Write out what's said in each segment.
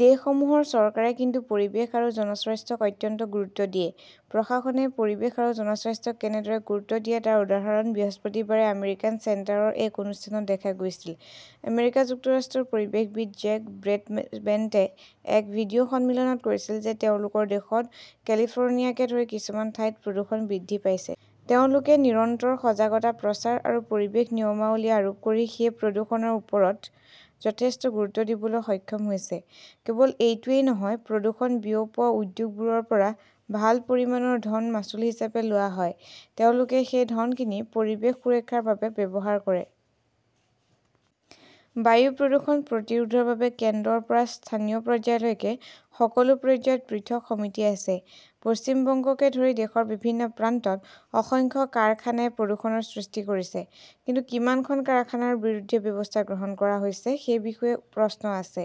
দেশসমূহৰ চৰকাৰে কিন্তু পৰিৱেশ আৰু জনস্বাস্থ্যক অত্যন্ত গুৰুত্ব দিয়ে। প্ৰশাসনে পৰিৱেশ আৰু জনস্বাস্থ্যক কেনেদৰে গুৰুত্ব দিয়ে তাৰ উদাহৰণ বৃহস্পতিবাৰে আমেৰিকান চেণ্টাৰৰ এক অনুষ্ঠানত দেখা গৈছিল। আমেৰিকা যুক্তৰাষ্ট্ৰৰ পৰিৱেশবিদ জেক ব্ৰডবেণ্টে এক ভিডিঅ সন্মিলনত কৈছিল যে তেওঁলোকৰ দেশত কেলিফৰ্ণিয়াকে ধৰি কিছুমান ঠাইত প্ৰদূষণ বৃদ্ধি পাইছে। তেওঁলোকে নিৰন্তৰ সজাগতা প্ৰচাৰ আৰু পৰিৱেশ নিয়মাৱলী আৰোপ কৰি সেই প্ৰদূষণৰ ওপৰত যথেষ্ট গুৰুত্ব দিবলৈ সক্ষম হৈছে। কেৱল এইটোৱেই নহয়, প্ৰদূষণ বিয়পোৱা উদ্যোগবোৰৰ পৰা ভাল পৰিমাণৰ ধন মাচুল হিচাপে লোৱা হয়। তেওঁলোকে সেই ধনখিনি পৰিৱেশ সুৰক্ষাৰ বাবে ব্যৱহাৰ কৰে। বায়ু প্ৰদূষণ প্ৰতিৰোধৰ বাবে কেন্দ্ৰৰ পৰা স্থানীয় পৰ্যায়লৈকে সকলো পৰ্যায়ত পৃথক সমিতি আছে। পশ্চিম বংগকে ধৰি দেশৰ বিভিন্ন প্ৰান্তত অসংখ্য কাৰখানাই প্ৰদূষণৰ সৃষ্টি কৰিছে। কিন্তু কিমান খন কাৰখানাৰ বিৰুদ্ধে ব্যৱস্থা গ্ৰহণ কৰা হৈছে সেই বিষয়ে প্ৰশ্ন আছে।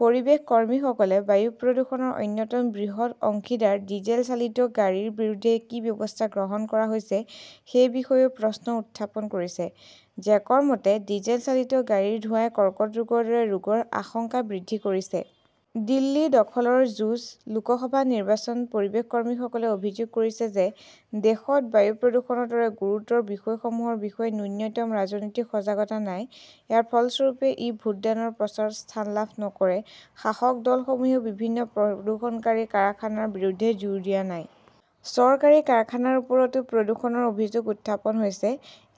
পৰিৱেশ কৰ্মীসকলে বায়ু প্ৰদূষণৰ অন্যতম বৃহৎ অংশীদাৰ ডিজেল চালিত গাড়ীৰ বিৰুদ্ধে কি ব্যৱস্থা গ্ৰহণ কৰা হৈছে সেই বিষয়েও প্ৰশ্ন উত্থাপন কৰিছে। জেকৰ মতে, ডিজেল চালিত গাড়ীৰ ধোঁৱাই কৰ্কট ৰোগৰ দৰে ৰোগৰ আশংকা বৃদ্ধি কৰিছে। দিল্লী দখলৰ যুঁজ, লোকসভা নিৰ্বাচন পৰিৱেশ কৰ্মীসকলে অভিযোগ কৰিছে যে দেশত বায়ু প্ৰদূষণৰ দৰে গুৰুতৰ বিষয়সমূহৰ বিষয়ে ন্যূনতম ৰাজনৈতিক সজাগতা নাই। ইয়াৰ ফলস্বৰূপে ই ভোটদানৰ প্ৰচাৰত স্থান লাভ নকৰে। শাসক দলসমূহেও বিভিন্ন প্ৰদূষণকাৰী কাৰখানাৰ বিৰুদ্ধে জোৰ দিয়া নাই। চৰকাৰী কাৰখানাৰ ওপৰতো প্ৰদূষণৰ অভিযোগ উত্থাপন হৈছে।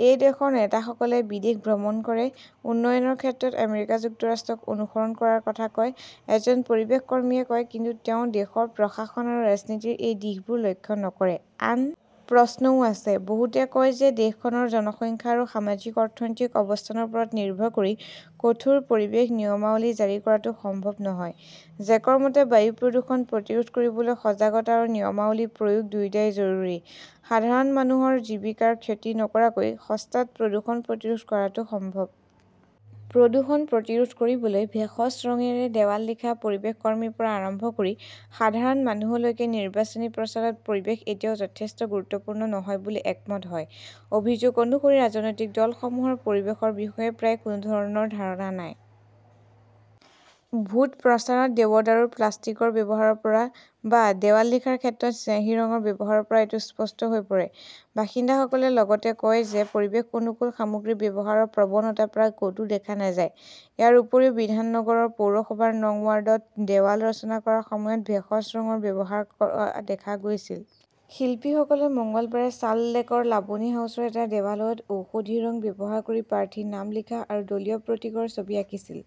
এই দেশৰ নেতাসকলে বিদেশ ভ্ৰমণ কৰে, উন্নয়নৰ ক্ষেত্ৰত আমেৰিকা যুক্তৰাষ্ট্ৰক অনুসৰণ কৰাৰ কথা কয়, এজন পৰিৱেশ কৰ্মীয়ে কয়। কিন্তু তেওঁ দেশৰ প্ৰশাসন আৰু ৰাজনীতিৰ এই দিশবোৰ লক্ষ্য নকৰে। আন প্ৰশ্নও আছে। বহুতে কয় যে দেশখনৰ জনসংখ্যা আৰু সামাজিক-অৰ্থনৈতিক অৱস্থানৰ ওপৰত নিৰ্ভৰ কৰি কঠোৰ পৰিৱেশ নিয়মাৱলী জাৰি কৰাটো সম্ভৱ নহয়। জেকৰ মতে, বায়ু প্ৰদূষণ প্ৰতিৰোধ কৰিবলৈ সজাগতা আৰু নিয়মাৱলী প্ৰয়োগ দুয়োটাই জৰুৰী। সাধাৰণ মানুহৰ জীৱিকাৰ ক্ষতি নকৰাকৈ সস্তাত প্ৰদূষণ প্ৰতিৰোধ কৰাটো সম্ভৱ। প্ৰদূষণ প্ৰতিৰোধ কৰিবলৈ ভেষজ ৰঙেৰে দেৱাল লিখা পৰিৱেশ কৰ্মীৰ পৰা আৰম্ভ কৰি সাধাৰণ মানুহলৈকে নিৰ্বাচনী প্ৰচাৰত পৰিৱেশ এতিয়াও যথেষ্ট গুৰুত্বপূৰ্ণ নহয় বুলি একমত হয়। অভিযোগ অনুসৰি ৰাজনৈতিক দলসমূহৰ পৰিৱেশৰ বিষয়ে প্ৰায় কোনো ধাৰণা নাই। ভোট প্ৰচাৰত দেৱদাৰুৰ প্লাষ্টিকৰ ব্যৱহাৰৰ পৰা বা দেৱাল লিখাৰ ক্ষেত্ৰত চিয়াঁহী ৰঙৰ ব্যৱহাৰৰ পৰা এইটো স্পষ্ট হৈ পৰে। বাসিন্দাসকলে লগতে কয় যে পৰিৱেশ অনুকূল সামগ্ৰী ব্যৱহাৰৰ প্ৰৱণতা প্ৰায় কতো দেখা নাযায়। ইয়াৰ উপৰিও বিধাননগৰ পৌৰসভাৰ নং ৱাৰ্ডত দেৱাল ৰচনা কৰাৰ সময়ত ভেষজ ৰঙৰ ব্যৱহাৰ দেখা গৈছিল। শিল্পীসকলে মঙলবাৰে চাল্টলেকৰ লাবনী হাউচৰ এটা দেৱালত ঔষধি ৰং ব্যৱহাৰ কৰি প্ৰাৰ্থীৰ নাম লিখা আৰু দলীয় প্ৰতীকৰ ছবি আকিছিল।